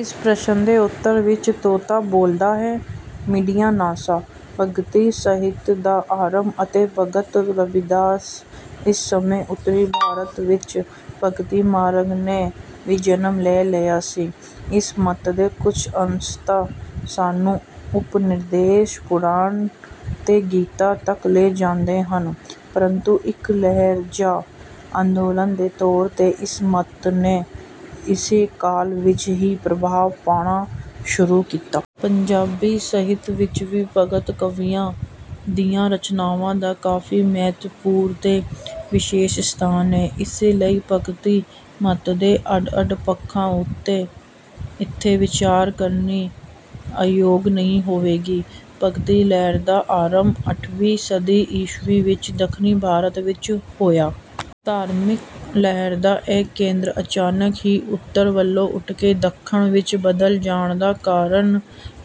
ਇਸ ਪ੍ਰਸ਼ਨ ਦੇ ਉੱਤਰ ਵਿੱਚ ਤੋਤਾ ਬੋਲਦਾ ਹੈ ਮਿੱਡੀਆਂ ਨਾਸਾ। ਭਗਤੀ ਸਾਹਿਤ ਦਾ ਆਰੰਭ ਅਤੇ ਭਗਤ ਰਵੀਦਾਸ ਇਸ ਸਮੇਂ ਉੱਤਰੀ ਭਾਰਤ ਵਿੱਚ ਭਗਤੀ ਮਾਰਗ ਨੇ ਵੀ ਜਨਮ ਲੈ ਲਿਆ ਸੀ। ਇਸ ਮੱਤ ਦੇ ਕੁਝ ਅੰਸ਼ ਤਾਂ ਸਾਨੂੰ ਉਪਨਿਸ਼ਦ ਪੁਰਾਣਾਂ ਤੇ ਗੀਤਾ ਤੱਕ ਲੈ ਜਾਂਦੇ ਹਨ ਪ੍ਰਤੂੰ ਇੱਕ ਲਹਿਰ ਜਾਂ ਅੰਦੋਲਨ ਦੇ ਤੌਰ ਤੇ ਇਸ ਮੱਤ ਨੇ ਇਸੇ ਕਾਲ ਵਿੱਚ ਹੀ ਪ੍ਰਭਾਵ ਪਾਉਣਾ ਸ਼ੁਰੂ ਕੀਤਾ। ਪੰਜਾਬੀ ਸਾਹਿਤ ਵਿੱਚ ਵੀ ਭਗਤ ਕਵੀਆਂ ਦੀਆਂ ਰਚਨਾਵਾਂ ਦਾ ਕਾਫ਼ੀ ਮਹੱਤਵਪੂਰਨ ਤੇ ਵਿਸ਼ੇਸ਼ ਸਥਾਨ ਹੈ। ਇਸੇ ਲਈ ਭਗਤੀ ਮੱਤ ਦੇ ਅੱਡ ਅੱਡ ਪੱਖਾਂ ਉੱਤੇ ਇੱਥੇ ਵਿਚਾਰ ਕਰਨੀ ਅਯੋਗ ਨਹੀਂ ਹੋਵੇਗੀ। ਭਗਤੀ ਲਹਿਰ ਦਾ ਆਰੰਭ ਅੱਠਵੀਂ ਸਦੀ ਈਸਵੀ ਵਿੱਚ ਦੱਖਣੀ ਭਾਰਤ ਵਿੱਚ ਹੋਇਆ। ਧਾਰਮਿਕ ਲਹਿਰ ਦਾ ਇਹ ਕੇਂਦਰ ਅਚਾਨਕ ਹੀ ਉੱਤਰ ਵੱਲੋਂ ਉੱਠਕੇ ਦੱਖਣ ਵਿੱਚ ਬਦਲ ਜਾਣ ਦਾ ਕਾਰਨ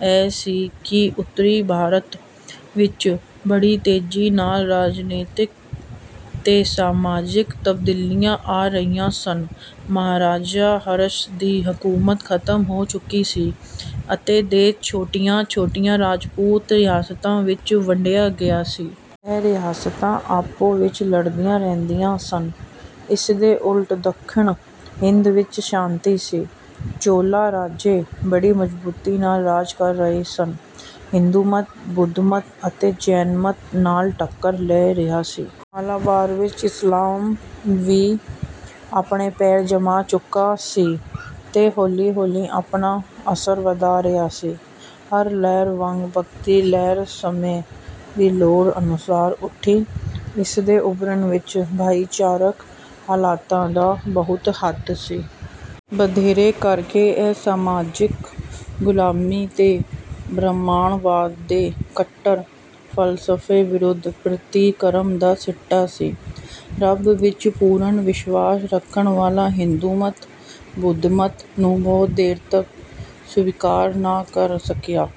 ਇਹ ਸੀ ਕਿ ਉੱਤਰੀ ਭਾਰਤ ਵਿੱਚ ਬੜੀ ਤੇਜ਼ੀ ਨਾਲ ਰਾਜਨੀਤਕ ਤੇ ਸਮਾਜਿਕ ਤਬਦੀਲੀਆਂ ਆ ਰਹੀਆਂ ਸਨ। ਮਹਾਰਾਜਾ ਹਰਸ਼ ਦੀ ਹਕੂਮਤ ਖ਼ਤਮ ਹੋ ਚੁੱਕੀ ਸੀ ਅਤੇ ਦੇਸ਼ ਛੋਟੀਆਂ ਛੋਟੀਆਂ ਰਾਜਪੂਤ ਰਿਆਸਤਾਂ ਵਿੱਚ ਵੰਡਿਆ ਗਿਆ ਸੀ। ਇਹ ਰਿਆਸਤਾਂ ਆਪੋ ਵਿੱਚ ਲੜਦੀਆਂ ਰਹਿੰਦੀਆਂ ਸਨ। ਇਸ ਦੇ ਉਲਟ ਦੱਖਣੀ ਹਿੰਦ ਵਿੱਚ ਸ਼ਾਂਤੀ ਸੀ। ਚੋਲਾ ਰਾਜੇ ਬੜੀ ਮਜ਼ਬੂਤੀ ਨਾਲ ਰਾਜ ਕਰ ਰਹੇ ਸਨ। ਹਿੰਦੂ ਮੱਤ ਬੁੱਧ ਮੱਤ ਅਤੇ ਜੈਨ ਮੱਤ ਨਾਲ ਟੱਕਰ ਲੈ ਰਿਹਾ ਸੀ। ਮਾਲਾਬਾਰ ਵਿੱਚ ਇਸਲਾਮ ਵੀ ਆਪਣੇ ਪੈਰ ਜਮਾ ਚੁੱਕਾ ਸੀ ਤੇ ਹੌਲੀ ਹੌਲੀ ਆਪਣਾ ਅਸਰ ਵਧਾ ਰਿਹਾ ਸੀ। ਹਰ ਲਹਿਰ ਵਾਂਗ ਭਗਤੀ ਲਹਿਰ ਸਮੇਂ ਦੀ ਲੋੜ ਅਨੁਸਾਰ ਉੱਠੀ। ਇਸ ਦੇ ਉਭਰਨ ਵਿੱਚ ਭਾਈਚਾਰਕ ਹਾਲਤਾਂ ਦਾ ਬਹੁਤ ਹੱਥ ਸੀ। ਵਧੇਰੇ ਕਰ ਕੇ ਇਹ ਸਮਾਜਿਕ ਗ਼ੁਲਾਮੀ ਤੇ ਬ੍ਰਾਹਮਣਵਾਦ ਦੇ ਕੱਟੜ ਫ਼ਲਸਫੇ ਵਿਰੁੱਧ ਪ੍ਰਤੀਕਰਮ ਦਾ ਸਿੱਟਾ ਸੀ। ਰੱਬ ਵਿੱਚ ਪੂਰਨ ਵਿਸ਼ਵਾਸ ਰੱਖਣ ਵਾਲਾ ਹਿੰਦੂ ਮੱਤ ਬੁੱਧ ਮੱਤ ਨੂੰ ਬਹੁਤ ਦੇਰ ਤੱਕ ਸਵੀਕਾਰ ਨਾ ਕਰ ਸਕਿਆ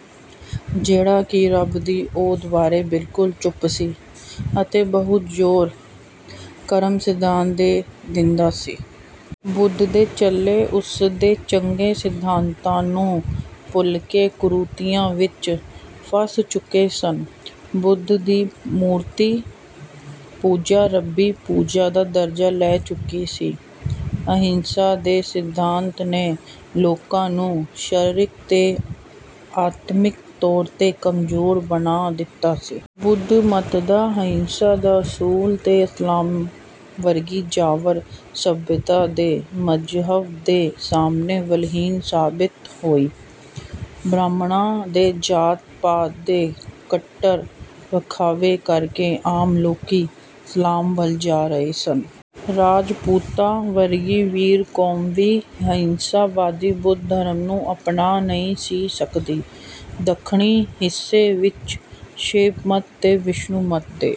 ਜਿਹੜਾ ਕਿ ਰੱਬ ਦੀ ਹੋਂਦ ਬਾਰੇ ਬਿਲਕੁਲ ਚੁੱਪ ਸੀ ਅਤੇ ਬਹੁਤ ਜ਼ੋਰ ਕਰਮ ਸਿਧਾਂਤ ਤੇ ਦਿੰਦਾ ਸੀ। ਬੁੱਧ ਦੇ ਚੇਲੇ ਉਸ ਦੇ ਚੰਗੇ ਸਿਧਾਂਤਾਂ ਨੂੰ ਭੁੱਲਕੇ ਕੁਰੀਤੀਆਂ ਵਿੱਚ ਫਸ ਚੁੱਕੇ ਸਨ। ਬੁੱਧ ਦੀ ਮੂਰਤੀ ਪੂਜਾ ਰੱਬੀ ਪੂਜਾ ਦਾ ਦਰਜਾ ਲੈ ਚੁੱਕੀ ਸੀ। ਅਹਿੰਸਾ ਦੇ ਸਿਧਾਂਤ ਨੇ ਲੋਕਾਂ ਨੂੰ ਸਰੀਰਕ ਤੇ ਆਤਮਿਕ ਤੌਰ ਤੇ ਕਮਜ਼ੋਰ ਬਣਾ ਦਿੱਤਾ ਸੀ। ਬੁੱਧ ਮੱਤ ਦਾ ਅਹਿੰਸਾ ਦਾ ਅਸੂਲ ਤੇ ਇਸਲਾਮ ਵਰਗੀ ਜਾਬਰ ਸੱਭਿਅਤਾ ਤੇ ਮਜ਼੍ਹਬ ਦੇ ਸਾਹਮਣੇ ਬਲਹੀਣ ਸਾਬਤ ਹੋਈ। ਬ੍ਰਾਹਮਣਾਂ ਦੇ ਜਾਤ ਪਾਤ ਦੇ ਕੱਟੜ ਵਖੇਵੇਂ ਕਰ ਕੇ ਆਮ ਲੋਕੀ ਇਸਲਾਮ ਵੱਲ ਜਾ ਰਹੇ ਸਨ। ਰਾਜਪੂਤਾਂ ਵਰਗੀ ਬੀਰ ਕੌਮ ਵੀ ਅਹਿੰਸਾ ਵਾਦੀ ਬੁੱਧ ਧਰਮ ਨੂੰ ਅਪਣਾ ਨਹੀਂ ਸੀ ਸਕਦੀ। ਦੱਖਣੀ ਹਿੱਸੇ ਵਿੱਚ ਸ਼ੈਵ ਮੱਤ ਤੇ ਵੈਸ਼ਨੂੰ ਮੱਤ ਦੇ